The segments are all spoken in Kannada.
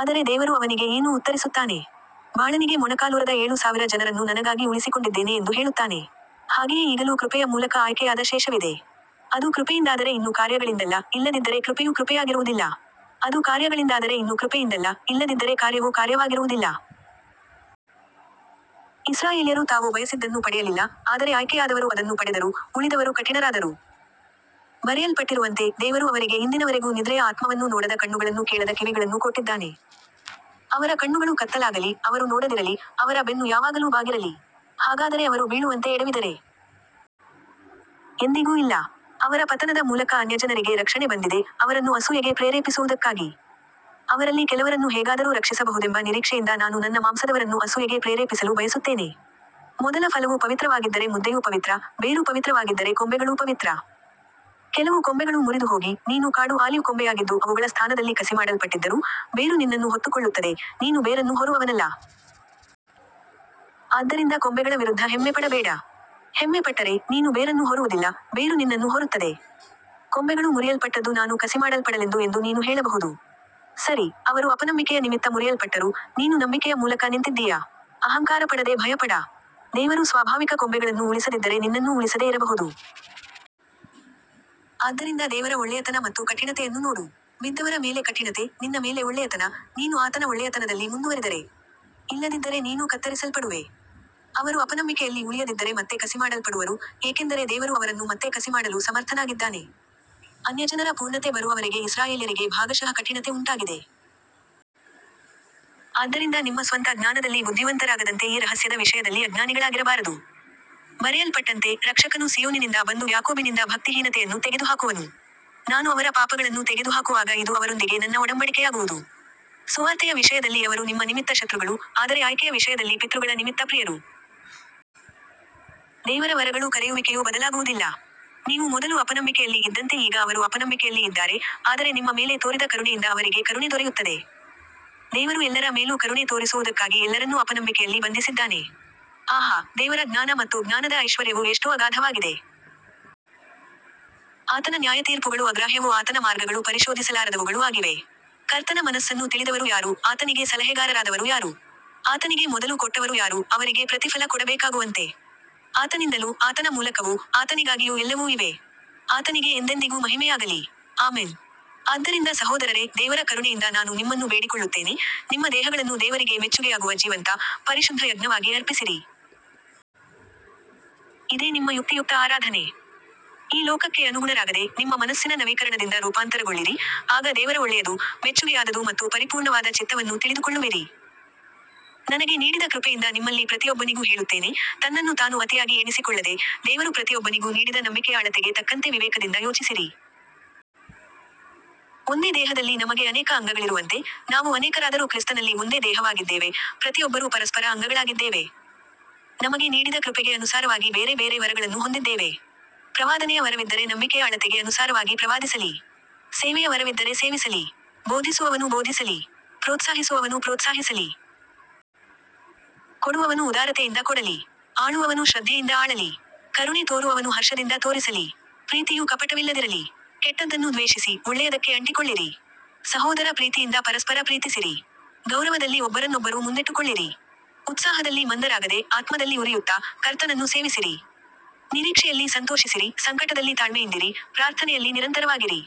ಆದರೆ ದೇವರು ಅವನಿಗೆ ಏನು ಉತ್ತರಿಸುತ್ತಾನೆ. ಬಾಳನಿಗೆ ಮೊಣಕಾಲೂರದ ಏಳು ಸಾವಿರ ಜನರನ್ನು ನನಗಾಗಿ ಉಳಿಸಿಕೊಂಡಿದ್ದೇನೆ ಎಂದು ಹೇಳುತ್ತಾನೆ. ಹಾಗೆಯೇ ಈಗಲೂ ಕೃಪೆಯ ಮೂಲಕ ಆಯ್ಕೆಯಾದ ಶೇಷವಿದೆ. ಅದು ಕೃಪೆಯಿಂದಾದರೆ ಇನ್ನು ಕಾರ್ಯಗಳಿಂದಲ್ಲ, ಇಲ್ಲದಿದ್ದರೆ ಕೃಪೆಯು ಕೃಪೆಯಾಗಿರುವುದಿಲ್ಲ. ಅದು ಕಾರ್ಯಗಳಿಂದಾದರೆ ಇನ್ನು ಕೃಪೆಯಿಂದಲ್ಲ, ಇಲ್ಲದಿದ್ದರೆ ಕಾರ್ಯವು ಕಾರ್ಯವಾಗಿರುವುದಿಲ್ಲ. ಇಸ್ರಾಯೇಲ್ಯರು ತಾವು ಬಯಸಿದ್ದನ್ನು ಪಡೆಯಲಿಲ್ಲ, ಆದರೆ ಆಯ್ಕೆಯಾದವರು ಅದನ್ನು ಪಡೆದರು, ಉಳಿದವರು ಕಠಿಣರಾದರು. ಬರೆಯಲ್ಪಟ್ಟಿರುವಂತೆ, ದೇವರು ಅವರಿಗೆ ಇಂದಿನವರೆಗೂ ನಿದ್ರೆಯ ಆತ್ಮವನ್ನೂ ನೋಡದ ಕಣ್ಣುಗಳನ್ನೂ ಕೇಳದ ಕಿವಿಗಳನ್ನೂ ಕೊಟ್ಟಿದ್ದಾನೆ. ಅವರ ಕಣ್ಣುಗಳು ಕತ್ತಲಾಗಲಿ, ಅವರು ನೋಡದಿರಲಿ, ಅವರ ಬೆನ್ನು ಯಾವಾಗಲೂ ಬಾಗಿರಲಿ. ಹಾಗಾದರೆ ಅವರು ಬೀಳುವಂತೆ ಎಡವಿದರೇ. ಎಂದಿಗೂ ಇಲ್ಲ. ಅವರ ಪತನದ ಮೂಲಕ ಅನ್ಯಜನರಿಗೆ ರಕ್ಷಣೆ ಬಂದಿದೆ, ಅವರನ್ನು ಅಸೂಯೆಗೆ ಪ್ರೇರೇಪಿಸುವುದಕ್ಕಾಗಿ. ಅವರಲ್ಲಿ ಕೆಲವರನ್ನು ಹೇಗಾದರೂ ರಕ್ಷಿಸಬಹುದೆಂಬ ನಿರೀಕ್ಷೆಯಿಂದ ನಾನು ನನ್ನ ಮಾಂಸದವರನ್ನು ಅಸೂಯೆಗೆ ಪ್ರೇರೇಪಿಸಲು ಬಯಸುತ್ತೇನೆ. ಮೊದಲ ಫಲವು ಪವಿತ್ರವಾಗಿದ್ದರೆ ಮುದ್ದೆಯೂ ಪವಿತ್ರ, ಬೇರು ಪವಿತ್ರವಾಗಿದ್ದರೆ ಕೊಂಬೆಗಳೂ ಪವಿತ್ರ. ಕೆಲವು ಕೊಂಬೆಗಳು ಮುರಿದುಹೋಗಿ, ನೀನು ಕಾಡು ಆಲಿವ್ ಕೊಂಬೆಯಾಗಿದ್ದು ಅವುಗಳ ಸ್ಥಾನದಲ್ಲಿ ಕಸಿಮಾಡಲ್ಪಟ್ಟಿದ್ದರೂ, ಬೇರು ನಿನ್ನನ್ನು ಹೊತ್ತುಕೊಳ್ಳುತ್ತದೆ, ನೀನು ಬೇರನ್ನು ಹೊರುವವನಲ್ಲ. ಆದ್ದರಿಂದ ಕೊಂಬೆಗಳ ವಿರುದ್ಧ ಹೆಮ್ಮೆಪಡಬೇಡ. ಹೆಮ್ಮೆಪಟ್ಟರೆ, ನೀನು ಬೇರನ್ನು ಹೊರುವುದಿಲ್ಲ, ಬೇರು ನಿನ್ನನ್ನು ಹೊರುತ್ತದೆ. ಕೊಂಬೆಗಳು ಮುರಿಯಲ್ಪಟ್ಟದ್ದು ನಾನು ಕಸಿಮಾಡಲ್ಪಡಲೆಂದು ಎಂದು ನೀನು ಹೇಳಬಹುದು. ಸರಿ, ಅವರು ಅಪನಂಬಿಕೆಯ ನಿಮಿತ್ತ ಮುರಿಯಲ್ಪಟ್ಟರು, ನೀನು ನಂಬಿಕೆಯ ಮೂಲಕ ನಿಂತಿದ್ದೀಯ. ಅಹಂಕಾರಪಡದೆ ಭಯಪಡ. ದೇವರು ಸ್ವಾಭಾವಿಕ ಕೊಂಬೆಗಳನ್ನು ಉಳಿಸದಿದ್ದರೆ ನಿನ್ನನ್ನೂ ಉಳಿಸದೆ ಇರಬಹುದು. ಆದ್ದರಿಂದ ದೇವರ ಒಳ್ಳೆಯತನ ಮತ್ತು ಕಠಿಣತೆಯನ್ನು ನೋಡು. ಬಿದ್ದವರ ಮೇಲೆ ಕಠಿಣತೆ, ನಿನ್ನ ಮೇಲೆ ಒಳ್ಳೆಯತನ, ನೀನು ಆತನ ಒಳ್ಳೆಯತನದಲ್ಲಿ ಮುಂದುವರಿದರೆ. ಇಲ್ಲದಿದ್ದರೆ ನೀನೂ ಕತ್ತರಿಸಲ್ಪಡುವೆ. ಅವರು ಅಪನಂಬಿಕೆಯಲ್ಲಿ ಉಳಿಯದಿದ್ದರೆ ಮತ್ತೆ ಕಸಿಮಾಡಲ್ಪಡುವರು, ಏಕೆಂದರೆ ದೇವರು ಅವರನ್ನು ಮತ್ತೆ ಕಸಿಮಾಡಲು ಸಮರ್ಥನಾಗಿದ್ದಾನೆ. ಅನ್ಯಜನರ ಪೂರ್ಣತೆ ಬರುವವರೆಗೆ ಇಸ್ರಾಯೇಲ್ಯರಿಗೆ ಭಾಗಶಃ ಕಠಿಣತೆ ಉಂಟಾಗಿದೆ. ಆದ್ದರಿಂದ ನಿಮ್ಮ ಸ್ವಂತ ಜ್ಞಾನದಲ್ಲಿ ಬುದ್ಧಿವಂತರಾಗದಂತೆ ಈ ರಹಸ್ಯದ ವಿಷಯದಲ್ಲಿ ಅಜ್ಞಾನಿಗಳಾಗಿರಬಾರದು. ಬರೆಯಲ್ಪಟ್ಟಂತೆ, ರಕ್ಷಕನು ಸೀಯೋನಿನಿಂದ ಬಂದು ಯಾಕೋಬಿನಿಂದ ಭಕ್ತಿಹೀನತೆಯನ್ನು ತೆಗೆದುಹಾಕುವನು. ನಾನು ಅವರ ಪಾಪಗಳನ್ನು ತೆಗೆದುಹಾಕುವಾಗ ಇದು ಅವರೊಂದಿಗೆ ನನ್ನ ಒಡಂಬಡಿಕೆಯಾಗುವುದು. ಸುವಾರ್ತೆಯ ವಿಷಯದಲ್ಲಿ ಅವರು ನಿಮ್ಮ ನಿಮಿತ್ತ ಶತ್ರುಗಳು, ಆದರೆ ಆಯ್ಕೆಯ ವಿಷಯದಲ್ಲಿ ಪಿತೃಗಳ ನಿಮಿತ್ತ ಪ್ರಿಯರು. ದೇವರ ವರಗಳೂ ಕರೆಯುವಿಕೆಯೂ ಬದಲಾಗುವುದಿಲ್ಲ. ನೀವು ಮೊದಲು ಅಪನಂಬಿಕೆಯಲ್ಲಿ ಇದ್ದಂತೆ ಈಗ ಅವರೂ ಅಪನಂಬಿಕೆಯಲ್ಲಿ ಇದ್ದಾರೆ, ಆದರೆ ನಿಮ್ಮ ಮೇಲೆ ತೋರಿದ ಕರುಣೆಯಿಂದ ಅವರಿಗೆ ಕರುಣೆ ದೊರೆಯುತ್ತದೆ. ದೇವರು ಎಲ್ಲರ ಮೇಲೂ ಕರುಣೆ ತೋರಿಸುವುದಕ್ಕಾಗಿ ಎಲ್ಲರನ್ನೂ ಅಪನಂಬಿಕೆಯಲ್ಲಿ ಬಂಧಿಸಿದ್ದಾನೆ. ಆಹಾ, ದೇವರ ಜ್ಞಾನ ಮತ್ತು ಜ್ಞಾನದ ಐಶ್ವರ್ಯವು ಎಷ್ಟೋ ಅಗಾಧವಾಗಿದೆ. ಆತನ ನ್ಯಾಯತೀರ್ಪುಗಳು ಅಗ್ರಾಹ್ಯವೂ ಆತನ ಮಾರ್ಗಗಳು ಪರಿಶೋಧಿಸಲಾರದವುಗಳೂ ಆಗಿವೆ. ಕರ್ತನ ಮನಸ್ಸನ್ನು ತಿಳಿದವರು ಯಾರು, ಆತನಿಗೆ ಸಲಹೆಗಾರರಾದವರು ಯಾರು. ಆತನಿಗೆ ಮೊದಲು ಕೊಟ್ಟವರು ಯಾರು, ಅವರಿಗೆ ಪ್ರತಿಫಲ ಕೊಡಬೇಕಾಗುವಂತೆ. ಆತನಿಂದಲೂ, ಆತನ ಮೂಲಕವೂ, ಆತನಿಗಾಗಿಯೂ ಎಲ್ಲವೂ ಇವೆ. ಆತನಿಗೆ ಎಂದೆಂದಿಗೂ ಮಹಿಮೆಯಾಗಲಿ. ಆಮೆನ್. ಆದ್ದರಿಂದ ಸಹೋದರರೇ, ದೇವರ ಕರುಣೆಯಿಂದ ನಾನು ನಿಮ್ಮನ್ನು ಬೇಡಿಕೊಳ್ಳುತ್ತೇನೆ, ನಿಮ್ಮ ದೇಹಗಳನ್ನು ದೇವರಿಗೆ ಮೆಚ್ಚುಗೆಯಾಗುವ ಜೀವಂತ, ಪರಿಶುದ್ಧ ಯಜ್ಞವಾಗಿ ಅರ್ಪಿಸಿರಿ. ಇದೇ ನಿಮ್ಮ ಯುಕ್ತಿಯುಕ್ತ ಆರಾಧನೆ. ಈ ಲೋಕಕ್ಕೆ ಅನುಗುಣರಾಗದೆ, ನಿಮ್ಮ ಮನಸ್ಸಿನ ನವೀಕರಣದಿಂದ ರೂಪಾಂತರಗೊಳ್ಳಿರಿ, ಆಗ ದೇವರ ಒಳ್ಳೆಯದು, ಮೆಚ್ಚುಗೆಯಾದದು ಮತ್ತು ಪರಿಪೂರ್ಣವಾದ ಚಿತ್ತವನ್ನು ತಿಳಿದುಕೊಳ್ಳುವಿರಿ. ನನಗೆ ನೀಡಿದ ಕೃಪೆಯಿಂದ ನಿಮ್ಮಲ್ಲಿ ಪ್ರತಿಯೊಬ್ಬನಿಗೂ ಹೇಳುತ್ತೇನೆ, ತನ್ನನ್ನು ತಾನು ಅತಿಯಾಗಿ ಎಣಿಸಿಕೊಳ್ಳದೆ, ದೇವರು ಪ್ರತಿಯೊಬ್ಬನಿಗೂ ನೀಡಿದ ನಂಬಿಕೆಯ ಅಳತೆಗೆ ತಕ್ಕಂತೆ ವಿವೇಕದಿಂದ ಯೋಚಿಸಿರಿ. ಒಂದೇ ದೇಹದಲ್ಲಿ ನಮಗೆ ಅನೇಕ ಅಂಗಗಳಿರುವಂತೆ, ನಾವು ಅನೇಕರಾದರೂ ಕ್ರಿಸ್ತನಲ್ಲಿ ಒಂದೇ ದೇಹವಾಗಿದ್ದೇವೆ, ಪ್ರತಿಯೊಬ್ಬರೂ ಪರಸ್ಪರ ಅಂಗಗಳಾಗಿದ್ದೇವೆ. ನಮಗೆ ನೀಡಿದ ಕೃಪೆಗೆ ಅನುಸಾರವಾಗಿ ಬೇರೆ ಬೇರೆ ವರಗಳನ್ನು ಹೊಂದಿದ್ದೇವೆ. ಪ್ರವಾದನೆಯ ವರವಿದ್ದರೆ ನಂಬಿಕೆಯ ಅಳತೆಗೆ ಅನುಸಾರವಾಗಿ ಪ್ರವಾದಿಸಲಿ. ಸೇವೆಯ ವರವಿದ್ದರೆ ಸೇವಿಸಲಿ. ಬೋಧಿಸುವವನು ಬೋಧಿಸಲಿ. ಪ್ರೋತ್ಸಾಹಿಸುವವನು ಪ್ರೋತ್ಸಾಹಿಸಲಿ. ಕೊಡುವವನು ಉದಾರತೆಯಿಂದ ಕೊಡಲಿ. ಆಳುವವನು ಶ್ರದ್ಧೆಯಿಂದ ಆಳಲಿ. ಕರುಣೆ ತೋರುವವನು ಹರ್ಷದಿಂದ ತೋರಿಸಲಿ. ಪ್ರೀತಿಯು ಕಪಟವಿಲ್ಲದಿರಲಿ. ಕೆಟ್ಟದ್ದನ್ನು ದ್ವೇಷಿಸಿ, ಒಳ್ಳೆಯದಕ್ಕೆ ಅಂಟಿಕೊಳ್ಳಿರಿ. ಸಹೋದರ ಪ್ರೀತಿಯಿಂದ ಪರಸ್ಪರ ಪ್ರೀತಿಸಿರಿ. ಗೌರವದಲ್ಲಿ ಒಬ್ಬರನ್ನೊಬ್ಬರು ಮುಂದಿಟ್ಟುಕೊಳ್ಳಿರಿ. ಉತ್ಸಾಹದಲ್ಲಿ ಮಂದರಾಗದೆ, ಆತ್ಮದಲ್ಲಿ ಉರಿಯುತ್ತಾ, ಕರ್ತನನ್ನು ಸೇವಿಸಿರಿ. ನಿರೀಕ್ಷೆಯಲ್ಲಿ ಸಂತೋಷಿಸಿರಿ, ಸಂಕಟದಲ್ಲಿ ತಾಳ್ಮೆಯಿಂದಿರಿ, ಪ್ರಾರ್ಥನೆಯಲ್ಲಿ ನಿರಂತರವಾಗಿರಿ.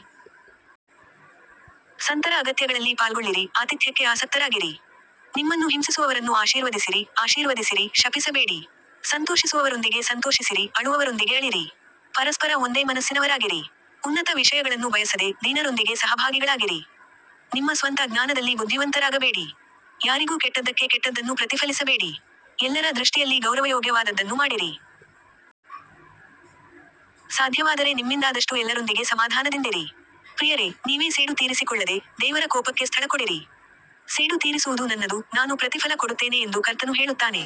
ಸಂತರ ಅಗತ್ಯಗಳಲ್ಲಿ ಪಾಲ್ಗೊಳ್ಳಿರಿ, ಆತಿಥ್ಯಕ್ಕೆ ಆಸಕ್ತರಾಗಿರಿ. ನಿಮ್ಮನ್ನು ಹಿಂಸಿಸುವವರನ್ನು ಆಶೀರ್ವದಿಸಿರಿ, ಆಶೀರ್ವದಿಸಿರಿ, ಶಪಿಸಬೇಡಿ. ಸಂತೋಷಿಸುವವರೊಂದಿಗೆ ಸಂತೋಷಿಸಿರಿ, ಅಳುವವರೊಂದಿಗೆ ಅಳಿರಿ. ಪರಸ್ಪರ ಒಂದೇ ಮನಸ್ಸಿನವರಾಗಿರಿ. ಉನ್ನತ ವಿಷಯಗಳನ್ನು ಬಯಸದೆ, ದೀನರೊಂದಿಗೆ ಸಹಭಾಗಿಗಳಾಗಿರಿ. ನಿಮ್ಮ ಸ್ವಂತ ಜ್ಞಾನದಲ್ಲಿ ಬುದ್ಧಿವಂತರಾಗಬೇಡಿ. ಯಾರಿಗೂ ಕೆಟ್ಟದ್ದಕ್ಕೆ ಕೆಟ್ಟದ್ದನ್ನು ಪ್ರತಿಫಲಿಸಬೇಡಿ. ಎಲ್ಲರ ದೃಷ್ಟಿಯಲ್ಲಿ ಗೌರವಯೋಗ್ಯವಾದದ್ದನ್ನು ಮಾಡಿರಿ. ಸಾಧ್ಯವಾದರೆ ನಿಮ್ಮಿಂದಾದಷ್ಟು ಎಲ್ಲರೊಂದಿಗೆ ಸಮಾಧಾನದಿಂದಿರಿ. ಪ್ರಿಯರೇ, ನೀವೇ ಸೇಡು ತೀರಿಸಿಕೊಳ್ಳದೆ, ದೇವರ ಕೋಪಕ್ಕೆ ಸ್ಥಳಕೊಡಿರಿ. ಸೇಡು ತೀರಿಸುವುದು ನನ್ನದು, ನಾನು ಪ್ರತಿಫಲ ಕೊಡುತ್ತೇನೆ ಎಂದು ಕರ್ತನು ಹೇಳುತ್ತಾನೆ.